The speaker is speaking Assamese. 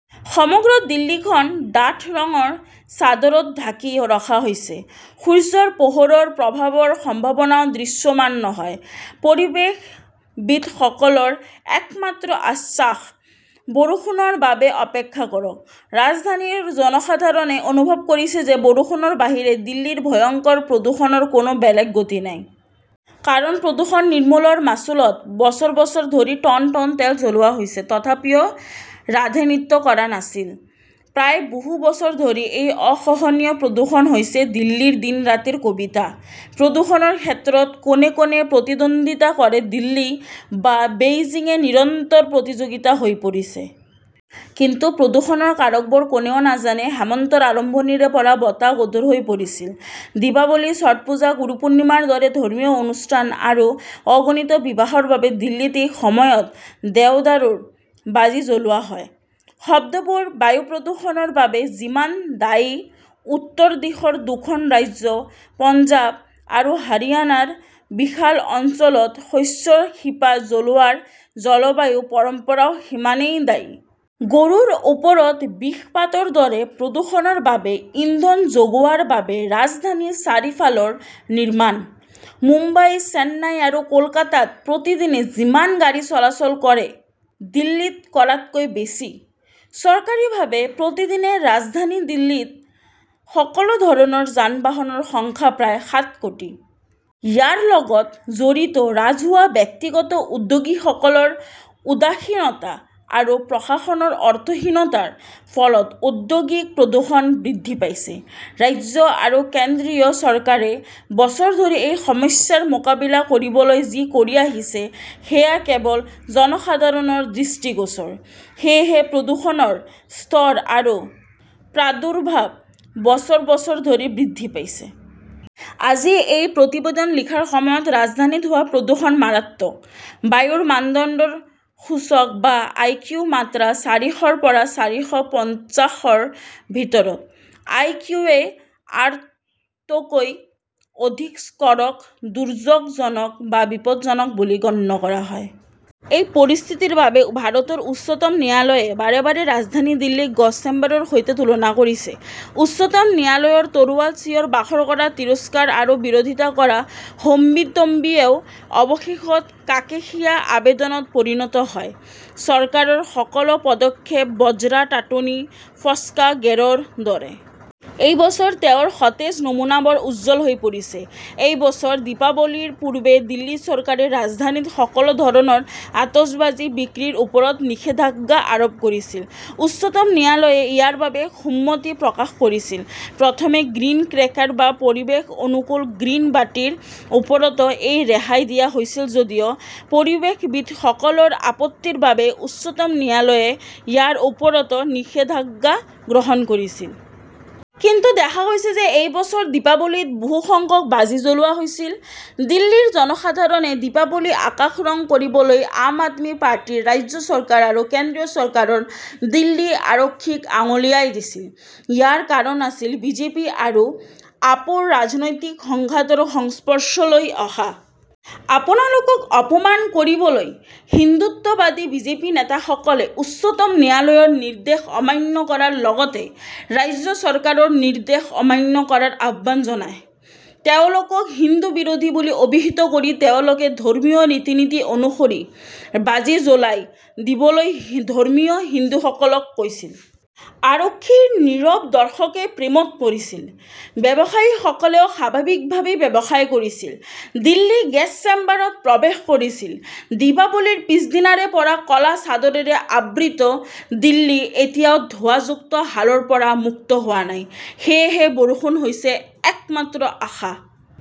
সমগ্ৰ দিল্লীখন ডাঠ ৰঙৰ চাদৰত ঢাকি ৰখা হৈছে। সূৰ্যৰ পোহৰৰ প্ৰভাৱৰ সম্ভাৱনাও দৃশ্যমান নহয়। পৰিৱেশবিদসকলৰ একমাত্ৰ আশ্বাস। বৰষুণৰ বাবে অপেক্ষা কৰক। ৰাজধানীৰ জনসাধাৰণে অনুভৱ কৰিছে যে বৰষুণৰ বাহিৰে দিল্লীৰ ভয়ংকৰ প্ৰদূষণৰ কোনো বেলেগ গতি নাই। কাৰণ প্ৰদূষণ নিৰ্মূলৰ মাচুলত বছৰ বছৰ ধৰি টন টন তেল জ্বলোৱা হৈছে। তথাপিও ৰাধে নৃত্য কৰা নাছিল! প্ৰায় বহু বছৰ ধৰি এই অসহনীয় প্ৰদূষণ হৈছে দিল্লীৰ দিন ৰাতিৰ কবিতা। প্ৰদূষণৰ ক্ষেত্ৰত কোনে কোনে প্ৰতিদ্বন্দিতা কৰে দিল্লী বা বেইজিঙে নিৰন্তৰ প্ৰতিযোগিতা হৈ পৰিছে। কিন্তু প্ৰদূষণৰ কাৰকবোৰ কোনেও নাজানে। হেমন্তৰ আৰম্ভণিৰে পৰা বতাহ গধুৰ হৈ পৰিছিল। দীপাৱলী ছট পূজা গুৰুপুৰ্ণিমাৰ দৰে ধৰ্মীয় অনুষ্ঠান আৰু অগণিত বিবাহৰ বাবে দিল্লীত এই সময়ত দেৱদাৰুৰ বাজি জ্বলোৱা হয়। শব্দবোৰ বায়ু প্ৰদূষণৰ বাবে যিমান দায়ী উত্তৰ দিশৰ দুখন ৰাজ্য পঞ্জাৱ আৰু হাৰিয়ানাৰ বিশাল অঞ্চলত শস্যৰ শিপা জ্বলোৱাৰ জলবায়ু পৰম্পৰাও সিমানেই দায়ী। গৰুৰ ওপৰত বিষপাতৰ দৰে প্ৰদূষণৰ বাবে ইন্ধন যোগোৱাৰ বাবে ৰাজধানীৰ চাৰিফালৰ নিৰ্মাণ। মুম্বাই চেন্নাই আৰু কলকাতাত প্ৰতিদিনে যিমান গাড়ী চলাচল কৰে দিল্লীত কৰাতকৈ বেছি। চৰকাৰীভাৱে প্ৰতিদিনে ৰাজধানী দিল্লীত সকলো ধৰণৰ যান বাহনৰ সংখ্যা প্ৰায় সাত কোটি। ইয়াৰ লগত জড়িত ৰাজহুৱা ব্যক্তিগত উদ্যোগীসকলৰ উদাসীনতা আৰু প্ৰশাসনৰ অৰ্থহীনতাৰ ফলত ঔদ্যোগিক প্ৰদূষণ বৃদ্ধি পাইছে। ৰাজ্য আৰু কেন্দ্ৰীয় চৰকাৰে বছৰ ধৰি এই সমস্যাৰ মোকাবিলা কৰিবলৈ যি কৰি আহিছে সেয়া কেৱল জনসাধাৰণৰ দৃষ্টিগোচৰ। সেয়েহে প্ৰদূষণৰ স্তৰ আৰু প্ৰাদুৰ্ভাৱ বছৰ বছৰ ধৰি বৃদ্ধি পাইছে। আজি এই প্ৰতিবেদন লিখাৰ সময়ত ৰাজধানীত হোৱা প্ৰদূষণ মাৰাত্মক। বায়ুৰ মানদণ্ডৰ সূচক বা আইকিউ মাত্ৰা চাৰিশৰ পৰা চাৰিশ পঞ্চাশৰ ভিতৰত! আই কিউ এ আৰ তকৈ অধিক স্ক'ৰক দুৰ্যোগজনক বা বিপদজনক বুলি গণ্য কৰা হয়। এই পৰিস্থিতিৰ বাবে ভাৰতৰ উচ্চতম ন্যায়ালয়ে বাৰে বাৰে ৰাজধানী দিল্লীক গছ চেম্বাৰ ৰ সৈতে তুলনা কৰিছে। উচ্চতম ন্যায়ালয়ৰ তৰোৱাল চিঞৰ বাখৰ কৰা তিৰস্কাৰ কৰা বিৰোধিতা কৰা হম্বিতম্বিয়েও অৱশেষত কাকেশিয়া আবেদনত পৰিণত হয়। চৰকাৰৰ সকলো পদক্ষেপ বজ্ৰা টাটুনি ফস্কা গেৰোৰ দৰে! এই বছৰ তেওঁৰ সতেজ নমুনাবোৰ উজ্জ্বল হৈ পৰিছে। এই বছৰ দীপাৱলীৰ পূৰ্বে দিল্লী চৰকাৰে ৰাজধানীত সকলো ধৰণৰ আতচবাজী বিক্ৰীৰ ওপৰত নিষেধাজ্ঞা আৰোপ কৰিছিল। উচ্চতম ন্যায়ালয়ে ইয়াৰ বাবে সন্মতি প্ৰকাশ কৰিছিল। প্ৰথমে গ্ৰীণ ক্ৰেকাৰ বা পৰিৱেশ অনুকূল গ্ৰীণ বাটিৰ ওপৰতো এই ৰেহাই দিয়া হৈছিল যদিও পৰিৱেশবিদসকলৰ আপত্তিৰ বাবে উচ্চতম ন্যায়ালয়ে ইয়াৰ ওপৰতো নিষেধাজ্ঞা গ্ৰহণ কৰিছিল। কিন্তু দেখা গৈছে যে এই বছৰ দীপাৱলীত বহু সংখ্যক বাজি জ্বলোৱা হৈছিল। দিল্লীৰ জনসাধাৰণে দীপাৱলীৰ আকাশ ৰং কৰিবলৈ আম আদমি পাৰ্টিৰ ৰাজ্য চৰকাৰ আৰু কেন্দ্ৰীয় চৰকাৰৰ দিল্লী আৰক্ষীক আঙুলিয়াই দিছিল। ইয়াৰ কাৰণ আছিল বিজেপি আৰু আপৰ ৰাজনৈতিক সংঘাতৰ সংস্পৰ্শলৈ অহা। আপোনালোকক অপমান কৰিবলৈ হিন্দুত্ববাদী বিজেপি নেতাসকলে উচ্চতম ন্যায়ালয়ৰ নিৰ্দেশ অমান্য কৰাৰ লগতে ৰাজ্য চৰকাৰৰ নিৰ্দেশ অমান্য কৰাৰ আহ্বান জনায়। তেওঁলোকক হিন্দু বিৰোধী বুলি অভিহিত কৰি তেওঁলোকে ধৰ্মীয় ৰীতি নীতি অনুসৰি বাজি জ্বলাই দিবলৈ ধৰ্মীয় হিন্দুসকলক কৈছিল। আৰক্ষীৰ নীৰৱ দৰ্শকে প্ৰেমত পৰিছিল। ব্যৱসায়ীসকলেও স্বাভাৱিকভাৱেই ব্যৱসায় কৰিছিল। দিল্লী গেছ চেম্বাৰত প্ৰৱেশ কৰিছিল। দীপাৱলীৰ পিছদিনাৰে পৰা ক'লা চাদৰেৰে আবৃত দিল্লী এতিয়াও ধোঁৱাযুক্ত হালৰ পৰা মুক্ত হোৱা নাই। সেয়েহে বৰষুণ হৈছে একমাত্ৰ আশা।